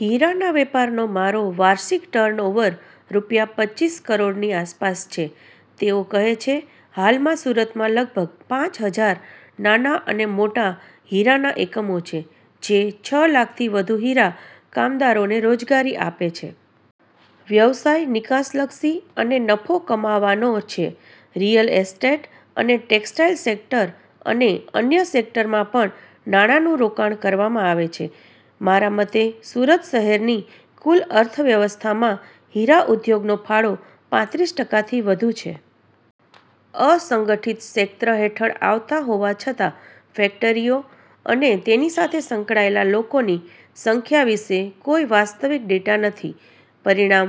હીરાના વેપારનો મારો વાર્ષિક ટર્નઓવર રૂપિયા પચ્ચીસ કરોડની આસપાસ છે. તેઓ કહે છે, હાલમાં સુરતમાં લગભગ પાંચ હજાર નાના અને મોટા હીરાના એકમો છે, જે છ લાખથી વધુ હીરા કામદારોને રોજગારી આપે છે. વ્યવસાય નિકાસલક્ષી અને નફો કમાવાનો છે. રિયલ એસ્ટેટ અને ટેક્સટાઇલ સેક્ટર અને અન્ય સેક્ટરમાં પણ નાણાંનું રોકાણ કરવામાં આવે છે. મારા મતે સુરત શહેરની કુલ અર્થવ્યવસ્થામાં હીરા ઉદ્યોગનો ફાળો પાંત્રીસ ટકાથી વધુ છે. અસંગઠિત ક્ષેત્ર હેઠળ આવતા હોવા છતાં, ફેક્ટરીઓ અને તેની સાથે સંકળાયેલા લોકોની સંખ્યા વિશે કોઈ વાસ્તવિક ડેટા નથી. પરિણામ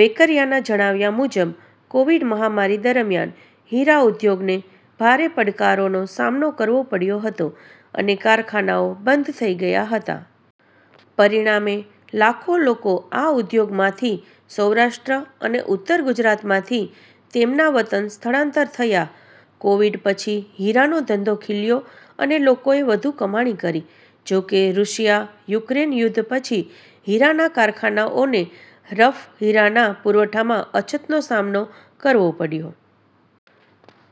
વેકરિયાના જણાવ્યા મુજબ, કોવિડ મહામારી દરમિયાન, હીરા ઉદ્યોગને ભારે પડકારોનો સામનો કરવો પડ્યો હતો અને કારખાનાઓ બંધ થઈ ગયા હતા. પરિણામે, લાખો લોકો આ ઉદ્યોગમાંથી સૌરાષ્ટ્ર અને ઉત્તર ગુજરાતમાંથી તેમના વતન સ્થળાંતર થયા. કોવિડ પછી, હીરાનો ધંધો ખીલ્યો અને લોકોએ વધુ કમાણી કરી. જો કે, રુસિયા-યુક્રેન યુદ્ધ પછી, હીરાના કારખાનાઓને રફ હીરાના પુરવઠામાં અછતનો સામનો કરવો પડ્યો.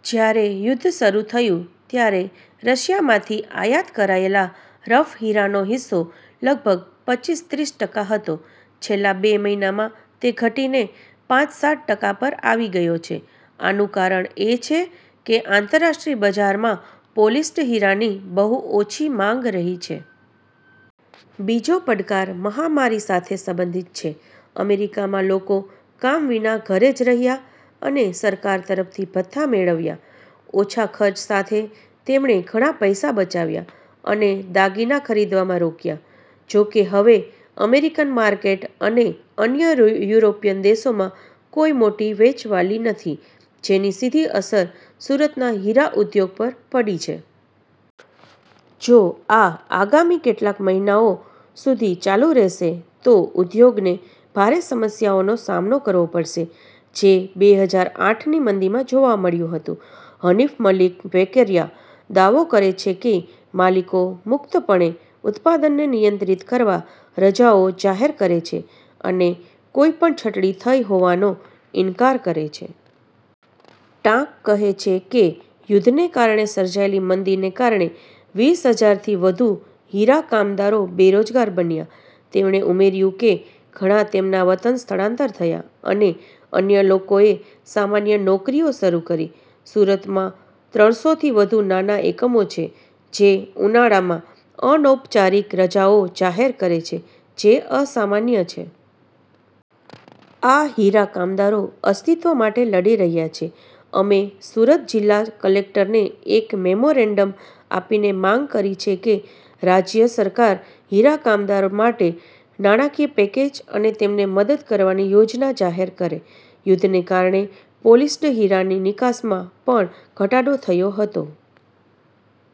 જ્યારે યુદ્ધ શરૂ થયું, ત્યારે રશિયામાંથી આયાત કરાયેલા રફ હીરાનો હિસ્સો લગભગ પચ્ચીસ-ત્રીસ ટકા હતો. છેલ્લા બે મહિનામાં તે ઘટીને પાંચ-સાત ટકા પર આવી ગયો છે. "આનું કારણ એ છે કે, આંતરરાષ્ટ્રીય બજારમાં પોલિશ્ડ હીરાની બહુ ઓછી માંગ રહી છે. બીજો પડકાર મહામારી સાથે સંબંધિત છે. "અમેરિકામાં લોકો કામ વિના ઘરે જ રહ્યા અને સરકાર તરફથી ભથ્થાં મેળવ્યા. ઓછા ખર્ચ સાથે, તેમણે ઘણા પૈસા બચાવ્યા અને દાગીના ખરીદવામાં રોક્યા. જોકે, હવે અમેરિકન માર્કેટ અને અન્ય યુરોપીયન દેશોમાં કોઈ મોટી વેચવાલી નથી, જેની સીધી અસર સુરતના હીરા ઉદ્યોગ પર પડી છે. જો આ આગામી કેટલાક મહિનાઓ સુધી ચાલુ રહેશે, તો ઉદ્યોગને ભારે સમસ્યાઓનો સામનો કરવો પડશે, જે બે હજાર આઠની મંદીમાં જોવા મળ્યું હતું. હનિફ મલિક વેકેરિયા દાવો કરે છે કે, માલિકો મુક્તપણે ઉત્પાદનને નિયંત્રિત કરવા રજાઓ જાહેર કરે છે અને કોઈપણ છટણી થઈ હોવાનો ઇનકાર કરે છે. ટાંક કહે છે કે, યુદ્ધને કારણે સર્જાયેલી મંદીને કારણે, વીસ હજાર થી વધુ હીરા કામદારો બેરોજગાર બન્યા, તેમણે ઉમેર્યું કે, ઘણા તેમના વતન સ્થળાંતર થયા અને અન્ય લોકોએ સામાન્ય નોકરીઓ શરૂ કરી. સુરતમાં ત્રણ સો થી વધુ નાના એકમો છે, જે ઉનાળામાં અનૌપચારિક રજાઓ જાહેર કરે છે જે અસામાન્ય છે. આ હીરા કામદારો અસ્તિત્વ માટે લડી રહ્યા છે. અમે સુરત જિલ્લા કલેક્ટરને એક મેમોરેન્ડમ આપીને માંગ કરી છે કે, રાજ્ય સરકાર હીરા કામદારો માટે નાણાકીય પેકેજ અને તેમને મદદ કરવાની યોજના જાહેર કરે. યુદ્ધને કારણે પોલિશ્ડ હીરાની નિકાસમાં પણ ઘટાડો થયો હતો.